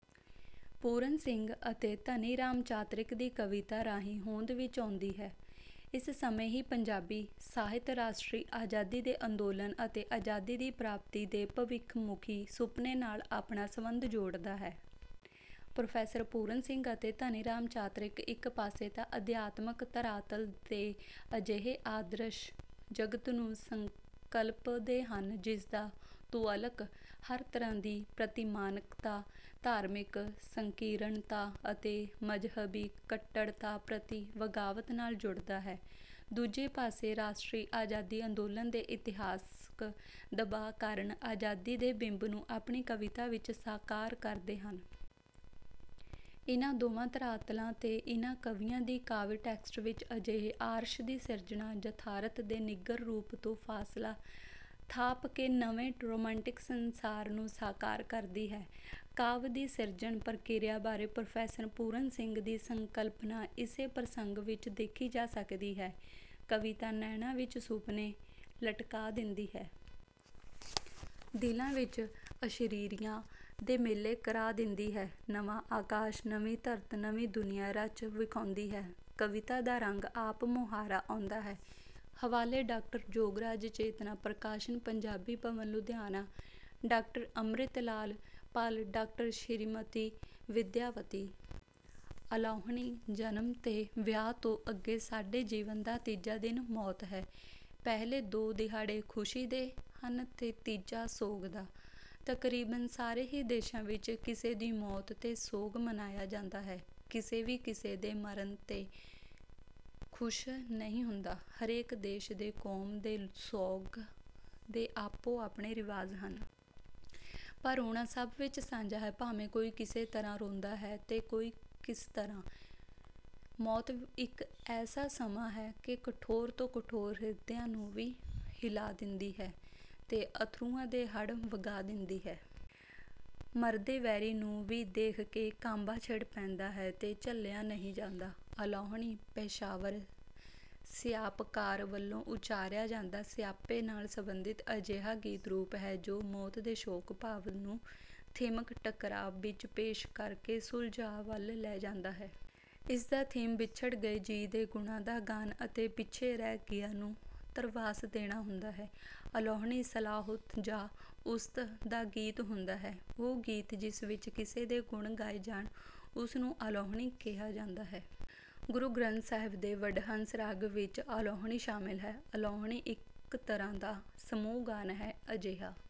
ਪੂਰਨ ਸਿੰਘ ਅਤੇ ਧਨੀ ਰਾਮ ਚਾਤ੍ਰਿਕ ਦੀ ਕਵਿਤਾ ਰਾਹੀਂ ਹੋਂਦ ਵਿੱਚ ਆਉਂਦੀ ਹੈ। ਇਸ ਸਮੇਂ ਹੀ ਪੰਜਾਬੀ ਸਾਹਿਤ ਰਾਸ਼ਟਰੀ ਆਜ਼ਾਦੀ ਦੇ ਅੰਦੋਲਨ ਅਤੇ ਆਜ਼ਾਦੀ ਦੀ ਪ੍ਰਾਪਤੀ ਦੇ ਭਵਿੱਖਮੁੱਖੀ ਸੁਪਨੇ ਨਾਲ ਆਪਣਾ ਸੰਬੰਧ ਜੋੜਦਾ ਹੈ। ਪ੍ਰੋਫੈਸਰ ਪੂਰਨ ਸਿੰਘ ਅਤੇ ਧਨੀ ਰਾਮ ਚਾਤ੍ਰਿਕ ਇੱਕ ਪਾਸੇ ਤਾਂ ਅਧਿਆਤਮਕ ਧਰਾਤਲ ਤੇ ਅਜਿਹੇ ਆਦਰਸ਼ ਜਗਤ ਨੂੰ ਸੰਕਲਪਦੇ ਹਨ ਜਿਸਦਾ ਤੁਅੱਲਕ ਹਰ ਤਰ੍ਹਾਂ ਦੀ ਪ੍ਰਤਿਮਾਨਕਤਾ ਧਾਰਮਿਕ ਸੰਕੀਰਣਤਾ ਅਤੇ ਮਜ਼ਹਬੀ ਕੱਟੜਤਾ ਪ੍ਰਤਿ ਬਗਾਵਤ ਨਾਲ ਜੁੜਦਾ ਹੈ ਦੂਜੇ ਪਾਸੇ ਰਾਸ਼ਟਰੀ ਆਜ਼ਾਦੀ ਅੰਦੋਲਨ ਦੇ ਇਤਿਹਾਸਕ ਦਬਾਅ ਕਾਰਨ ਆਜ਼ਾਦੀ ਦੇ ਬਿੰਬ ਨੂੰ ਆਪਣੀ ਕਵਿਤਾ ਵਿੱਚ ਸਾਕਾਰ ਕਰਦੇ ਹਨ। ਇਨ੍ਹਾਂ ਦੋਵਾਂ ਧਰਾਤਲਾਂ ਤੇ ਇਨ੍ਹਾਂ ਕਵੀਆਂ ਦੀ ਕਾਵਿ ਟੈਕਸਟ ਵਿੱਚ ਅਜਿਹੇ ਆਰਸ਼ ਦੀ ਸਿਰਜਣਾ ਯਥਾਰਥ ਦੇ ਨਿੱਘਰ ਰੂਪ ਤੋਂ ਫਾਸਲਾ ਥਾਪ ਕੇ ਨਵੇਂ ਰੋਮਾਂਟਿਕ ਸੰਸਾਰ ਨੂੰ ਸਾਕਾਰ ਕਰਦੀ ਹੈ। ਕਾਵਿ ਦੀ ਸਿਰਜਣ ਪ੍ਰਕਿਰਿਆ ਬਾਰੇ ਪ੍ਰੋਫੈਸਰ ਪੂਰਨ ਸਿੰਘ ਦੀ ਸੰਕਲਪਨਾ ਇਸੇ ਪ੍ਰਸੰਗ ਵਿੱਚ ਦੇਖੀ ਜਾ ਸਕਦੀ ਹੈ ਕਵਿਤਾ ਨੈਣਾਂ ਵਿੱਚ ਸੁਫਨੇ ਲਟਕਾ ਦਿੰਦੀ ਹੈ। ਦਿਲਾਂ ਵਿੱਚ ਅਸ਼ਰੀਰੀਆਂ ਦੇ ਮੇਲੇ ਕਰਾ ਦਿੰਦੀ ਹੈ। ਨਵਾਂ ਆਕਾਸ਼ ਨਵੀਂ ਧਰਤ ਨਵੀਂ ਦੁਨੀਆਂ ਰਚ ਵਿਖਾਉਂਦੀ ਹੈ ਕਵਿਤਾ ਦਾ ਰੰਗ ਆਪ ਮੁਹਾਰਾ ਆਉਂਦਾ ਹੈ। ਹਵਾਲੇ doctor Yograj Chetna Prakashan Punjabi Bhawan Ludhiana doctor Amrit Lal Pal doctor Shrimati Vidyavati. ਅਲਾਹੁਣੀ ਜਨਮ ਤੇ ਵਿਆਹ ਤੋਂ ਅੱਗੇ ਸਾਡੇ ਜੀਵਨ ਦਾ ਤੀਜਾ ਦਿਨ ਮੌਤ ਹੈ। ਪਹਿਲੇ ਦੋ ਦਿਹਾੜੇ ਖੁਸ਼ੀ ਦੇ ਹਨ ਤੇ ਤੀਜਾ ਸੋਗ ਦਾ। ਤਕਰੀਬਨ ਸਾਰੇ ਹੀ ਦੇਸ਼ਾਂ ਵਿੱਚ ਕਿਸੇ ਦੀ ਮੌਤ ਤੇ ਸੋਗ ਮਨਾਇਆ ਜਾਂਦਾ ਹੈ ਕੋਈ ਵੀ ਕਿਸੇ ਦੇ ਮਰਨ ਤੇ ਖੁਸ਼ ਨਹੀਂ ਹੁੰਦਾ ਹਰੇਕ ਦੇਸ਼ ਤੇ ਕੌਮ ਦੇ ਸੋਗ ਦੇ ਆਪੋ ਆਪਣੇ ਰਿਵਾਜ਼ ਹਨ। ਪਰ ਰੋਣਾ ਸਭ ਵਿੱਚ ਸਾਂਝਾ ਹੈ ਭਾਵੇਂ ਕੋਈ ਕਿਸੇ ਤਰ੍ਹਾਂ ਰੋਂਦਾ ਹੈ ਤੇ ਕੋਈ ਕਿਸ ਤਰ੍ਹਾਂ। ਮੌਤ ਇੱਕ ਐਸਾ ਸਮਾਂ ਹੈ ਕਿ ਕਠੋਰ ਤੋਂ ਕਠੋਰ ਹਿਰਦਿਆਂ ਨੂੰ ਵੀ ਹਿਲਾ ਦਿੰਦੀ ਹੈ ਤੇ ਅਥਰੂਆਂ ਦੇ ਹੜ੍ਹ ਵਗਾ ਦਿੰਦੀ ਹੈ। ਮਰਦੇ ਵੈਰੀ ਨੂੰ ਵੀ ਦੇਖ ਕੇ ਕਾਂਬਾ ਛਿੜ ਪੈਂਦਾ ਹੈ ਤੇ ਝੱਲਿਆ ਨਹੀਂ ਜਾਂਦਾ। ਅਲਾਹੁਣੀ ਪੇਸ਼ਾਵਰ ਸਿਆਪਕਾਰ ਵੱਲੋਂ ਉੱਚਾਰਿਆ ਜਾਂਦਾ ਸਿਆਪੇ ਨਾਲ ਸੰਬੰਧਿਤ ਅਜੇਹਾ ਗੀਤ ਰੂਪ ਹੈ ਜੋ ਮੌਤ ਦੇ ਸ਼ੋਕ ਭਾਵ ਨੂੰ ਥੀਮਕ ਟਕਰਾਅ ਵਿੱਚ ਪੇਸ਼ ਕਰ ਕੇ ਸੁਲਝਾਅ ਵੱਲ ਲੈ ਜਾਂਦਾ ਹੈ। ਇਸ ਦਾ ਥੀਮ ਵਿਛੜ ਗਏ ਜੀਅ ਦੇ ਗੁਣਾਂ ਦਾ ਗਾਨ ਅਤੇ ਪਿੱਛੇ ਰਹਿ ਗਿਆ ਨੂੰ ਧਰਵਾਸ ਦੇਣਾ ਹੁੰਦਾ ਹੈ। ਅਲਾਹੁਣੀ ਸਲਾਹੁਤ ਜਾਂ ਉਸਤਿ ਦਾ ਗੀਤ ਹੁੰਦਾ ਹੈ। ਉਹ ਗੀਤ ਜਿਸ ਵਿੱਚ ਕਿਸੇ ਦੇ ਗੁਣ ਗਾਏ ਜਾਣ ਉਸ ਨੂੰ ਅਲਾਹੁਣੀ ਕਿਹਾ ਜਾਂਦਾ ਹੈ। ਗੁਰੂ ਗ੍ਰੰਥ ਸਾਹਿਬ ਦੇ ਵਡਹੰਸ ਰਾਗ ਵਿੱਚ ਅਲਾਹੁਣੀ ਸ਼ਾਮਿਲ ਹੈ। ਅਲਾਹੁਣੀ ਇੱਕ ਤਰ੍ਹਾਂ ਦਾ ਸਮੂਹ ਗਾਨ ਹੈ ਅਜਿਹਾ